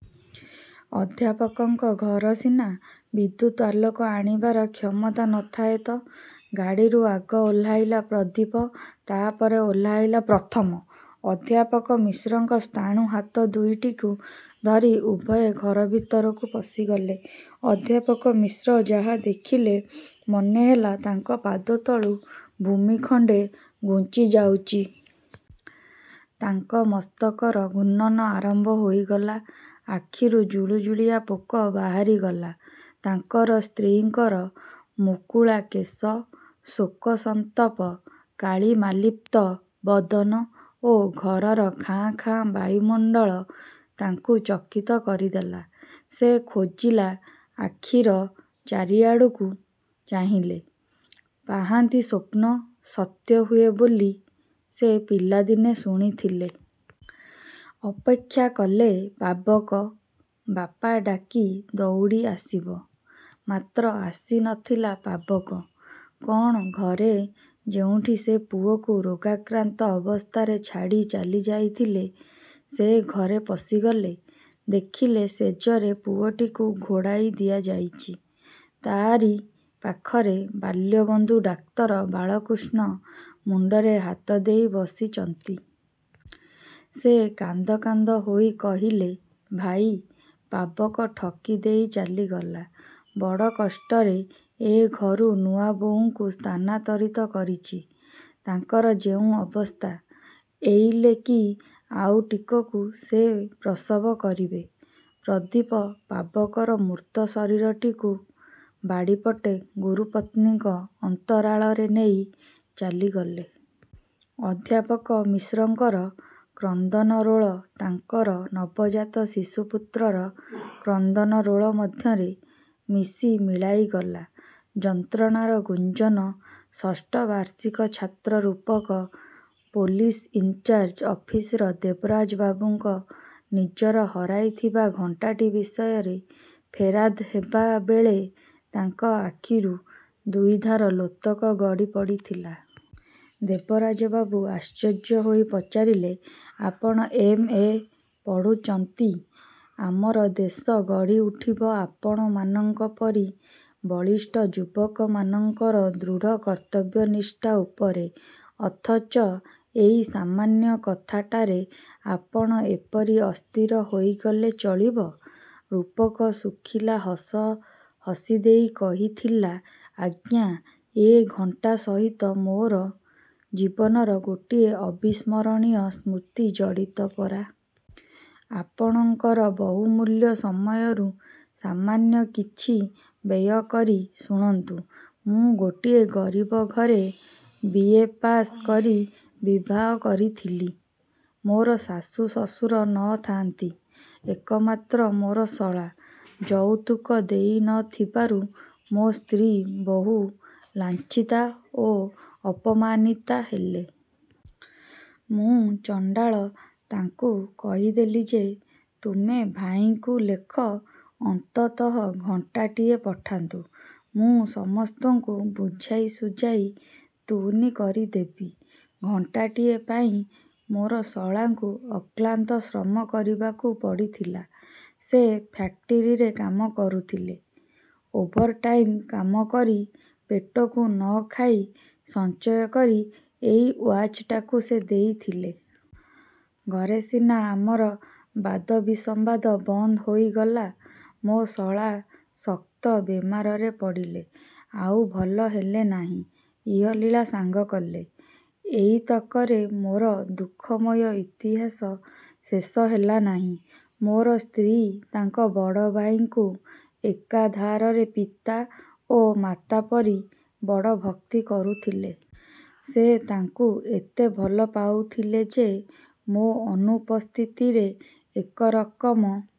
ଅଧ୍ୟାପକଙ୍କ ଘର ସିନା, ବିଦ୍ୟୁତ ଆଲୋକ ଆଣିବାର କ୍ଷମତା ନ ଥାଏ ତ! ଗାଡ଼ିରୁ ଆଗ ଓହ୍ଲାଇଲା ପ୍ରଦୀପ, ତାପରେ ଓହ୍ଲାଇଲା ପ୍ରଥମ। ଅଧ୍ୟାପକ ମିଶ୍ରଙ୍କ ସ୍ଥାଣୁ ହାତ ଦୁଇଟିକୁ ଧରି ଉଭୟେ ଘର ଭିତରକୁ ପଶିଗଲେ। ଅଧ୍ୟାପକ ମିଶ୍ର ଯାହା ଦେଖିଲେ ମନେ ହେଲା ତାଙ୍କ ପାଦତଳୁ ଭୂମି ଖଣ୍ଡେ ଘୁଞ୍ଚି ଯାଉଚି। ତାଙ୍କ ମସ୍ତକର ଘୂର୍ଣ୍ଣନ ଆରମ୍ଭ ହୋଇଗଲା। ଆଖିରୁ ଜୁଳୁଜୁଳିଆ ପୋକ ବାହାରିଗଲା। ତାଙ୍କର ସ୍ତ୍ରୀଙ୍କର ମୁକୁଳା କେଶ, ଶୋକସନ୍ତପ କାଳିମାଲିପ୍ତ-ବଦନ ଓ ଘରର ଖାଁ ଖାଁ ବାୟୁମଣ୍ଡଳ ତାଙ୍କୁ ଚକିତ କରିଦେଲା। ସେ ଖୋଜିଲା ଆଖିର ଚାରିଆଡ଼କୁ ଚାହିଁଲେ। ପାହାନ୍ତି ସ୍ୱପ୍ନ ସତ୍ୟ ହୁଏ ବୋଲି ସେ ପିଲାଦିନେ ଶୁଣିଥିଲେ। ଅପେକ୍ଷା କଲେ ପାବକ 'ବାପା' ଡ଼ାକି ଦଉଡ଼ି ଆସିବ। ମାତ୍ର ଆସି ନ ଥିଲା ପାବକ। କ'ଣ ଘରେ ଯେଉଁଠି ସେ ପୁଅକୁ ରୋଗାକ୍ରାନ୍ତ ଅବସ୍ଥାରେ ଛାଡ଼ି ଚାଲି ଯାଇଥିଲେ, ସେ ଘରେ ପଶିଗଲେ। ଦେଖିଲେ ଶେଯରେ ପୁଅଟିକୁ ଘୋଡ଼ାଇ ଦିଆଯାଇଚି। ତାରି ପାଖରେ ବାଲ୍ୟବନ୍ଧୁ ଡାକ୍ତର ବାଳକୃଷ୍ଣ ମୁଣ୍ଡରେ ହାତ ଦେଇ ବସିଚନ୍ତି। ସେ କାନ୍ଦ କାନ୍ଦ ହୋଇ କହିଲେ-ଭାଇ, ପାବକ ଠକି ଦେଇ ଚାଲିଗଲା। ବଡ଼ କଷ୍ଟରେ ଏ ଘରୁ ନୂଆବୋହୂଙ୍କୁ ସ୍ଥାନାନ୍ତରିତ କରିଛି। ତାଙ୍କର ଯେଉଁ ଅବସ୍ଥା,। ଏଇଲେ କି ଆଉ ଟିକକୁ ସେ ପ୍ରସବ କରିବେ। ପ୍ରଦୀପ 'ପାବକ'ର ମୃତ ଶରୀରଟିକୁ ବାଡ଼ିପଟେ ଗୁରୁପତ୍ନୀଙ୍କ ଅନ୍ତରାଳରେ ନେଇ ଚାଲିଗଲେ। ଅଧ୍ୟାପକ ମିଶ୍ରଙ୍କର କ୍ରନ୍ଦନରୋଳ ତାଙ୍କର ନବଜାତ ଶିଶୁ ପୁତ୍ରର କ୍ରନ୍ଦନରୋଳ ମଧ୍ୟରେ ମିଶି ମିଳାଇଗଲା। ଯନ୍ତ୍ରଣାର ଗୁଞ୍ଜନ ଷଷ୍ଠ ବାର୍ଷିକ ଛାତ୍ର ରୂପକ, ପୋଲିସ୍ ଇନ୍ଚାର୍ଯ ଅଫିସର ଦେବରାଜ ବାବୁଙ୍କ ନିଜର ହରାଇଥିବା ଘଣ୍ଟାଟି ବିଷୟରେ ଫେରାଦ ହେବାବେଳେ ତାଙ୍କ ଆଖିରୁ ଦୁଇଧାର ଲୋତକ ଗଡ଼ିପଡ଼ିଥିଲା। ଦେବରାଜବାବୁ ଆଶ୍ଚର୍ଯ୍ୟ ହୋଇ ପଚାରିଲେ-ଆପଣ ଏମ୍, ଏ. ପଢ଼ୁଚନ୍ତି। ଆମର ଦେଶ ଗଢ଼ିଉଠିବ ଆପଣମାନଙ୍କ ପରି ବଳିଷ୍ଠ ଯୁବକମାନଙ୍କର ଦୃଢ଼ କର୍ତ୍ତବ୍ୟନିଷ୍ଠା ଉପରେ ଅଥଚ ଏଇ ସାମାନ୍ୟ କଥାଟାରେ ଆପଣ ଏପରି ଅସ୍ଥିର ହୋଇଗଲେ ଚଳିବ? ରୂପକ ଶୁଖିଲା ହସ ହସିଦେଇ କହିଥିଲା-ଆଜ୍ଞା, ଏ ଘଣ୍ଟା ସହିତ ମୋର ଜୀବନର ଗୋଟିଏ ଅବିସ୍ମରଣୀୟ ସ୍ମୃତି ଜଡ଼ିତ ପରା! ଆପଣଙ୍କର ବହୁମୂଲ୍ୟ ସମୟରୁ ସାମାନ୍ୟ କିଛି ବ୍ୟୟ କରି ଶୁଣନ୍ତୁ। ମୁଁ ଗୋଟିଏ ଗରିବ ଘରେ ବି. ଏ. ପାଶ କରି ବିବାହ କରିଥିଲି। ମୋର ଶାଶୁ ଶଶୁର ନ ଥାଆନ୍ତି। ଏକମାତ୍ର ମୋର ଶଳା। ଯଉତୁକ ଦେଇ ନ ଥିବାରୁ ମୋ ସ୍ତ୍ରୀ ବହୁ ଲାଞ୍ଛିତା ଓ ଅପମାନିତା ହେଲେ। ମୁଁ ଚଣ୍ଡାଳ ତାଙ୍କୁ କହିଦେଲି ଯେ, ତୁମେ ଭାଇଙ୍କୁ ଲେଖ, ଅନ୍ତତଃ ଘଣ୍ଟାଟିଏ ପଠାନ୍ତୁ, ମୁଁ ସମସ୍ତଙ୍କୁ ବୁଝାଇ ଶୁଝାଇ ତୁନି କରିଦେବି। ଘଣ୍ଟାଟିଏ ପାଇଁ ମୋର ଶଳାଙ୍କୁ ଅକ୍ଳାନ୍ତ ଶ୍ରମ କରିବାକୁ ପଡ଼ିଥିଲା। ସେ ଫ୍ୟାକ୍ଟରୀରେ କାମ କରୁଥିଲେ। ଓଭର ଟାଇମ୍ କାମ କରି ପେଟକୁ ନ ଖାଇ ସଞ୍ଚୟ କରି ଏଇ ୱାଚଟାକୁ ସେ ଦେଇଥିଲେ। ଘରେ ସିନା ଆମର ବାଦ ବିସମ୍ବାଦ ବନ୍ଦ ହୋଇଗଲା, ମୋ ଶଳା ଶକ୍ତ ବେମାରରେ ପଡ଼ିଲେ, ଆଉ ଭଲ ହେଲେ ନାହିଁ, ଇହଲୀଳା ସାଙ୍ଗ କଲେ। ଏଇତକରେ ମୋର ଦୁଃଖମୟ ଇତିହାସ ଶେଷ ହେଲା ନାହିଁ। ମୋର ସ୍ତ୍ରୀ ତାଙ୍କ ବଡ଼ଭାଇଙ୍କୁ ଏକାଧାରରେ ପିତା ଓ ମାତା ପରି ବଡ଼ ଭକ୍ତି କରୁଥିଲେ। ସେ ତାଙ୍କୁ ଏତେ ଭଲ ପାଉଥିଲେ ଯେ, ମୋ ଅନୁପସ୍ଥିତିରେ ଏକ ରକମ